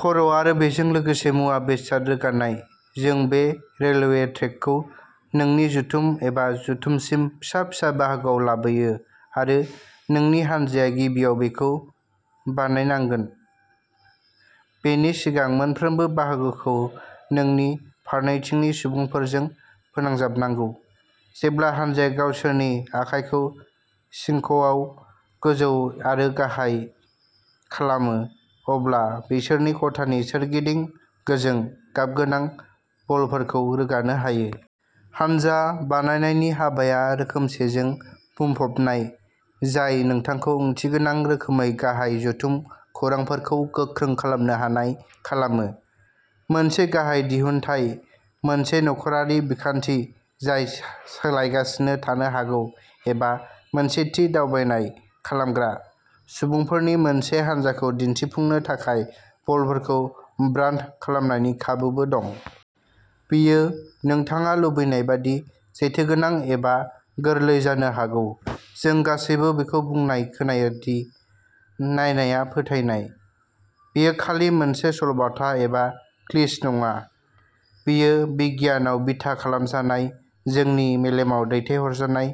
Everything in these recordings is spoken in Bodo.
खर' आरो बेजों लोगोसे मुवा-बेसाद रोगानाय। जों बे रेलवे ट्रेकखौ नोंनि जथुम एबा जथुमसिम फिसा-फिसा बाहागोआव लाबोयो आरो नोंनि हानजाया गिबियाव बेखौ बानायनांगोन, बेनि सिगां मोनफ्रोमबो बाहागोखौ नोंनि फारनैथिंनि सुबुंफोरजों फोनांजाबनांगौ। जेब्ला हानजाया गावसोरनि आखाइखौ सिंक'आव गोजौ आरो गाहाय खालामो, अब्ला बिसोरो खथानि सोरगिदिं गोजों गाबगोनां बलफोरखौ रोगानो हायो। हानजा बानायनायनि हाबाया रोखोमसेजों बुंफबनाय, जाय नोंथांखौ ओंथिगोनां रोखोमै गाहाय जथुम खौरांफोरखौ गोख्रों खालामनो हानाय खालामो। मोनसे गाहाय दिहुनथाय, मोनसे नखरारि बिखान्थि जाय सोलायगासिनो थानो हागौ एबा मोनसे थि दावबायनाय खालामग्रा सुबुंफोरनि मोनसे हानजाखौ दिनथिफुंनो थाखाय बलफोरखौ ब्रान्ड खालामनायनि खाबुबो दं। बियो नोंथाङा लुबैनायबादि जेथोगोनां एबा गोरलै जानो हागौ। जों गासैबो बेखौ बुंनाय खोनादोंदि "नायनाया फोथायनाय।" बेयो खालि मोनसे सल'बाथा एबा क्लिच नङा। बियो बिगियानाव बिथा खालामजानाय, जोंनि मेलेमाव दैथायहरजानाय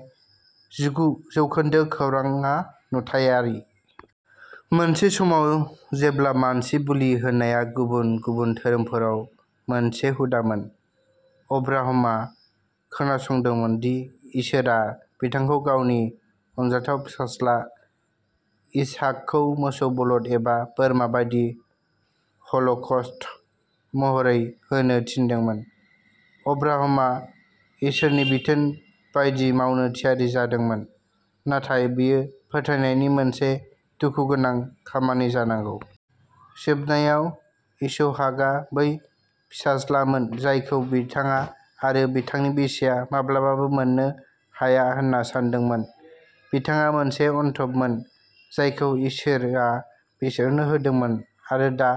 गुजि जौखोन्दो खौरांआ नुथायारि। मोनसे समाव जेब्ला मानसि बोलि होनाया गुबुन गुबुन धोरोमफोराव मोनसे हुदामोन, अब्राहमआ खोनासंदोंमोन दि इसोरआ बिथांखौ गावनि अनजाथाव फिसाज्ला, इसहाकखौ मोसौ बलद एबा बोरमा बायदि ह'ल'कस्ट महरै होनो थिनदोंमोन। अब्राहमआ इसोरनि बिथोन बायदि मावनो थियारि जादोंमोन, नाथाय बेयो फोथायनायनि मोनसे दुखुगोनां खामानि जानांगौ। जोबनायाव, इस'हाकआ बै फिसाज्लामोन जायखौ बिथाङा आरो बिथांनि बिसिया माब्लाबाबो मोननो हाया होन्ना सानदोंमोन। बिथाङा मोनसे अनथोबमोन जायखौ इसोरआ बिसोरनो होदोंमोन आरो दा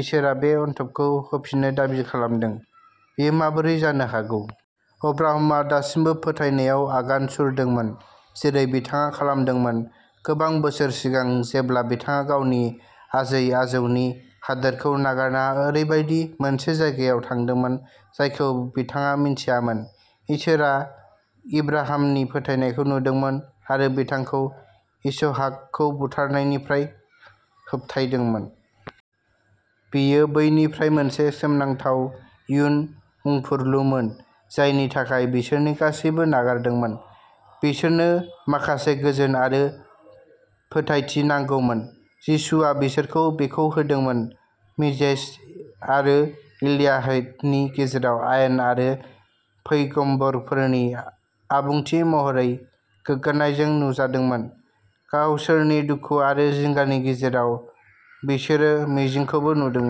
इसोरआ बे अनथोबखौ होफिननो दाबि खालामदों। बेयो माबोरै जानो हागौ? अब्राहमआ दासिमबो फोथायनायाव आगान सुरदोंमोन, जेरै बिथाङा खालामदोंमोन गोबां बोसोर सिगां जेब्ला बिथाङा गावनि आजै-आजौनि हादोरखौ नागारना ओरैबायदि मोनसे जायगायाव थांदोंमोन जायखौ बिथाङा मिथियामोन। इसोरआ इब्राहामनि फोथायनायखौ नुदोंमोन आरो बिथांखौ इस'हाकखौ बुथारनायनिफ्राय होबथायदोंमोन। बेयो बैनिफ्राय मोनसे सोमोनांथाव इयुन बुंफुरलुमोन जायनि थाखाय बिसोरो गासिबो नागारदोंमोन। बिसोरनो माखासे गोजोन आरो फोथायथि नांगौमोन। जिसुआ बिसोरखौ बेखौ होदोंमोन, मोजेस आरो एलियाहनि गेजेराव आयेन आरो पैगम्बरफोरनि आबुंथि महरै गोग्गानायजों नुजादोंमोन। गावसोरनि दुखु आरो जिंगानि गेजेराव, बिसोरो मिजिंखौबो नुदोंमोन।